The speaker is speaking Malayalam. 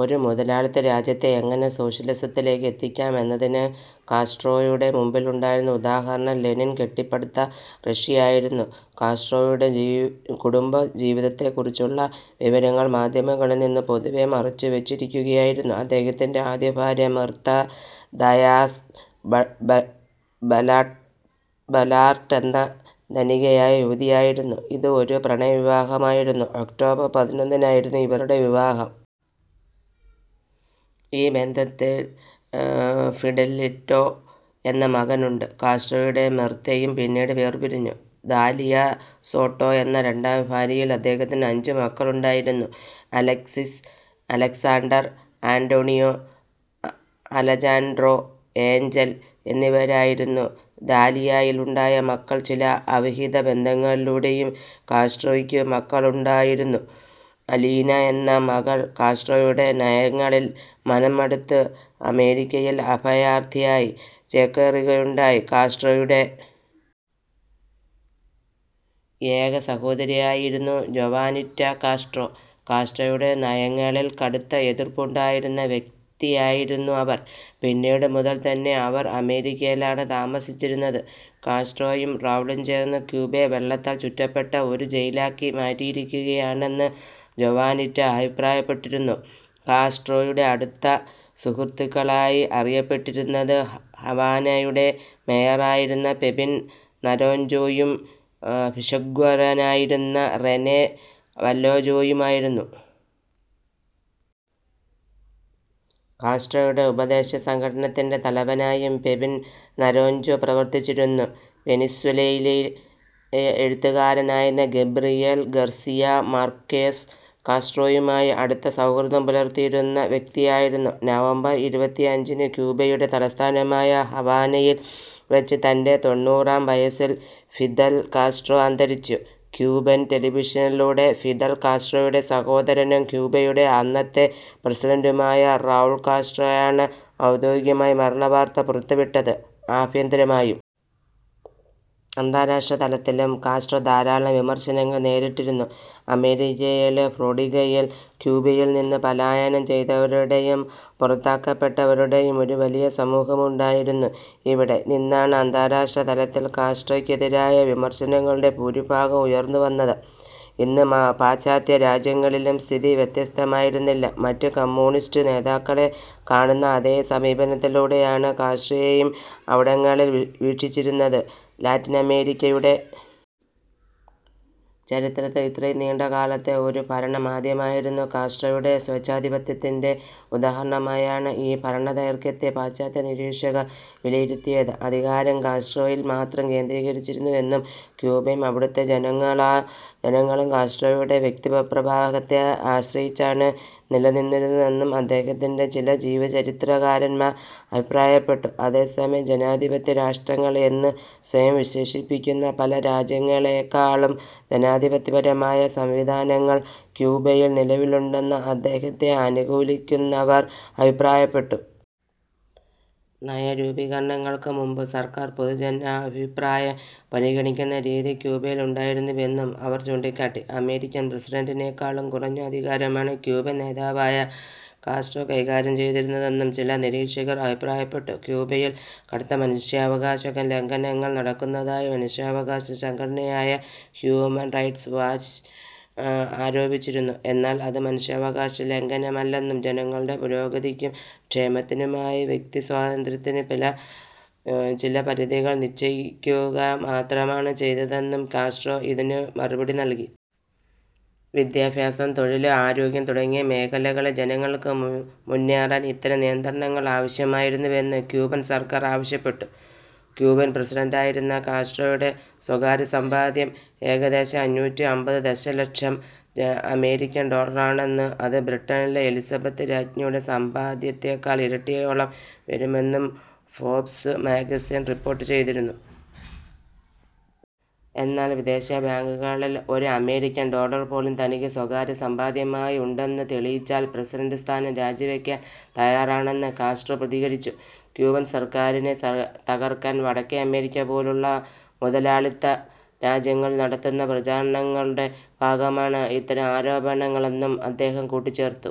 ഒരു മുതലാളിത്ത രാജ്യത്തെ എങ്ങനെ സോഷ്യലിസത്തിലേക്ക് എത്തിക്കാം എന്നതിന് കാസ്ട്രോയുടെ മുമ്പിലുണ്ടായിരുന്ന ഉദാഹരണം ലെനിൻ കെട്ടിപ്പടുത്ത റഷ്യയായിരുന്നു. കാസ്ട്രോയുടെ കുടുംബജീവിതത്തെക്കുറിച്ചുള്ള വിവരങ്ങൾ മാധ്യമങ്ങളിൽ നിന്ന് പൊതുവേ മറച്ചുവെച്ചിരിക്കുകയായിരുന്നു. അദ്ദേഹത്തിൻ്റെ ആദ്യഭാര്യ മിർത ദയാസ് ബലാർട്ട് എന്ന ധനികയായ യുവതിയായിരുന്നു. ഇത് ഒരു പ്രണയവിവാഹമായിരുന്നു. ഒക്ടോബർ പതിനൊന്നിനായിരുന്നു ഇവരുടെ വിവാഹം. ഈ ബന്ധത്തിൽ ഫിഡെലിറ്റോ എന്ന മകനുണ്ട്. കാസ്ട്രോയും മിർതയും പിന്നീട് വേർപിരിഞ്ഞു. ദാലിയ സോട്ടോ എന്ന രണ്ടാം ഭാര്യയിൽ അദ്ദേഹത്തിന് അഞ്ച് മക്കളുണ്ടായിരുന്നു. Alexis, Alexander, Antonio, Alejandro, Angel എന്നിവരായിരുന്നു ദാലിയയിൽ ഉണ്ടായ മക്കൾ. ചില അവിഹിത ബന്ധങ്ങളിലൂടെയും കാസ്ട്രോയ്ക്ക് മക്കളുണ്ടായിരുന്നു. അലീന എന്ന മകൾ കാസ്ട്രോയുടെ നയങ്ങളിൽ മനംമടുത്ത് അമേരിക്കയിൽ അഭയാർത്ഥിയായി ചേക്കേറുകയുണ്ടായി. കാസ്ട്രോയുടെ ഏക സഹോദരി ആയിരുന്നു ജോവാനിറ്റ കാസ്ട്രോ. കാസ്ട്രോയുടെ നയങ്ങളിൽ കടുത്ത എതിർപ്പുണ്ടായിരുന്ന വ്യക്തിയായിരുന്നു അവർ. പിന്നീട് മുതൽ തന്നെ അവർ അമേരിക്കയിലാണ് താമസിച്ചിരുന്നത്. കാസ്ട്രോയും റൗളും ചേർന്ന് ക്യൂബയെ വെള്ളത്താൽ ചുറ്റപ്പെട്ട ഒരു ജയിലാക്കി മാറ്റിയിരിക്കുകയാണെന്ന് ജോവാനിറ്റ അഭിപ്രായപ്പെട്ടിരുന്നു. കാസ്ട്രോയുടെ അടുത്ത സുഹൃത്തുക്കളായി അറിയപ്പെട്ടിരുന്നത് ഹവാനയുടെ മേയറായിരുന്ന പെപിൻ നരാഞ്ജോയും ഭിഷഗ്വരനായിരുന്ന റെനെ വല്ലേജോയുമായിരുന്നു. കാസ്ട്രോയുടെ ഉപദേശക സംഘത്തിൻ്റെ തലവനായും പെപിൻ നരാഞ്ജോ പ്രവർത്തിച്ചിരുന്നു. വെനിസ്വേലയിലെ എഴുത്തുകാരനായ ഗബ്രിയേൽ ഗാർസിയ മാർക്വേസ് കാസ്ട്രോയുമായി അടുത്ത സൗഹൃദം പുലർത്തിയിരുന്ന വ്യക്തിയായിരുന്നു. നവംബർ ഇരുപത്തിയഞ്ചിന് ക്യൂബയുടെ തലസ്ഥാനമായ ഹവാനയിൽ വെച്ച് തൻ്റെ തൊണ്ണൂറാം വയസ്സിൽ ഫിദൽ കാസ്ട്രോ അന്തരിച്ചു. ക്യൂബൻ ടെലിവിഷനിലൂടെ ഫിദൽ കാസ്ട്രോയുടെ സഹോദരനും ക്യൂബയുടെ അന്നത്തെ പ്രസിഡന്റുമായ റൗൾ കാസ്ട്രോയാണ് ഔദ്യോഗികമായി മരണവാർത്ത പുറത്തുവിട്ടത്. ആഭ്യന്തരമായും അന്താരാഷ്ട്ര തലത്തിലും കാസ്ട്രോ ധാരാളം വിമർശനങ്ങൾ നേരിട്ടിരുന്നു. അമേരിക്കയിലെ ഫ്ലോറിഡയിൽ ക്യൂബയിൽ നിന്ന് പലായനം ചെയ്തവരുടെയും പുറത്താക്കപ്പെട്ടവരുടെയും ഒരു വലിയ സമൂഹമുണ്ടായിരുന്നു. ഇവിടെ നിന്നാണ് അന്താരാഷ്ട്രതലത്തിൽ കാസ്ട്രോക്കെതിരായ വിമർശനങ്ങളുടെ ഭൂരിഭാഗവും ഉയർന്നുവന്നത്. മറ്റ് പാശ്ചാത്യ രാജ്യങ്ങളിലും സ്ഥിതി വ്യത്യസ്തമായിരുന്നില്ല. മറ്റ് കമ്മ്യൂണിസ്റ്റ് നേതാക്കളെ കാണുന്ന അതേ സമീപനത്തിലൂടെയാണ് കാസ്ട്രോയെയും അവിടങ്ങളിൽ വീക്ഷിച്ചിരുന്നത്. ലാറ്റിനമേരിക്കയുടെ ചരിത്രത്തിൽ ഇത്രയും നീണ്ട കാലത്തെ ഒരു ഭരണം ആദ്യമായിരുന്നു. കാസ്ട്രോയുടെ സ്വേച്ഛാധിപത്യത്തിൻ്റെ ഉദാഹരണമായാണ് ഈ ഭരണദൈർഘ്യത്തെ പാശ്ചാത്യ നിരീക്ഷകർ വിലയിരുത്തിയത്. അധികാരം കാസ്ട്രോയിൽ മാത്രം കേന്ദ്രീകരിച്ചിരുന്നുവെന്നും, ക്യൂബയും അവിടുത്തെ ജനങ്ങളും കാസ്ട്രോയുടെ വ്യക്തിപ്രഭാവത്തെ ആശ്രയിച്ചാണ് നിലനിന്നിരുന്നതെന്നും അദ്ദേഹത്തിൻ്റെ ചില ജീവചരിത്രകാരന്മാർ അഭിപ്രായപ്പെട്ടു. അതേസമയം, ജനാധിപത്യ രാഷ്ട്രങ്ങൾ എന്ന് സ്വയം വിശേഷിപ്പിക്കുന്ന പല രാജ്യങ്ങളേക്കാളും ജനാധിപത്യപരമായ സംവിധാനങ്ങൾ ക്യൂബയിൽ നിലവിലുണ്ടെന്ന് അദ്ദേഹത്തെ അനുകൂലിക്കുന്നവർ അഭിപ്രായപ്പെട്ടു. നയരൂപീകരണങ്ങൾക്ക് മുമ്പ് സർക്കാർ പൊതുജനാഭിപ്രായം പരിഗണിക്കുന്ന രീതി ക്യൂബയിൽ ഉണ്ടായിരുന്നുവെന്നും അവർ ചൂണ്ടിക്കാട്ടി. അമേരിക്കൻ പ്രസിഡന്റിനേക്കാളും കുറഞ്ഞ അധികാരമാണ് ക്യൂബൻ നേതാവായ കാസ്ട്രോ കൈകാര്യം ചെയ്തിരുന്നതെന്നും ചില നിരീക്ഷകർ അഭിപ്രായപ്പെട്ടു. ക്യൂബയിൽ കടുത്ത മനുഷ്യാവകാശ ലംഘനങ്ങൾ നടക്കുന്നതായി മനുഷ്യാവകാശ സംഘടനയായ ഹ്യൂമൻ റൈറ്റ്സ് വാച്ച് ആരോപിച്ചിരുന്നു. എന്നാൽ അത് മനുഷ്യാവകാശ ലംഘനമല്ലെന്നും, ജനങ്ങളുടെ പുരോഗതിക്കും ക്ഷേമത്തിനുമായി വ്യക്തിസ്വാതന്ത്ര്യത്തിന് ചില പരിധികൾ നിശ്ചയിക്കുക മാത്രമാണ് ചെയ്തതെന്നും കാസ്ട്രോ ഇതിന് മറുപടി നൽകി. വിദ്യാഭ്യാസം, തൊഴിൽ, ആരോഗ്യം തുടങ്ങിയ മേഖലകളിൽ ജനങ്ങൾക്ക് മുന്നേറാൻ ഇത്തരം നിയന്ത്രണങ്ങൾ ആവശ്യമായിരുന്നുവെന്ന് ക്യൂബൻ സർക്കാർ അവകാശപ്പെട്ടു. ക്യൂബൻ പ്രസിഡന്റായിരുന്ന കാസ്ട്രോയുടെ സ്വകാര്യസമ്പാദ്യം ഏകദേശം അഞ്ഞൂറ്റി അമ്പത് ദശലക്ഷം അമേരിക്കൻ ഡോളറാണെന്നും അത് ബ്രിട്ടനിലെ എലിസബത്ത് രാജ്ഞിയുടെ സമ്പാദ്യത്തേക്കാൾ ഇരട്ടിയോളം വരുമെന്നും ഫോബ്സ് മാഗസിൻ റിപ്പോർട്ട് ചെയ്തിരുന്നു. എന്നാൽ വിദേശ ബാങ്കുകളിൽ ഒരു അമേരിക്കൻ ഡോളർ പോലും തനിക്ക് സ്വകാര്യ സമ്പാദ്യമായി ഉണ്ടെന്ന് തെളിയിച്ചാൽ പ്രസിഡന്റ് സ്ഥാനം രാജിവെക്കാൻ തയ്യാറാണെന്ന് കാസ്ട്രോ പ്രതികരിച്ചു. ക്യൂബൻ സർക്കാരിനെ തകർക്കാൻ വടക്കേ അമേരിക്ക പോലുള്ള മുതലാളിത്ത രാജ്യങ്ങൾ നടത്തുന്ന പ്രചാരണങ്ങളുടെ ഭാഗമാണ് ഇത്തരം ആരോപണങ്ങളെന്നും അദ്ദേഹം കൂട്ടിച്ചേർത്തു.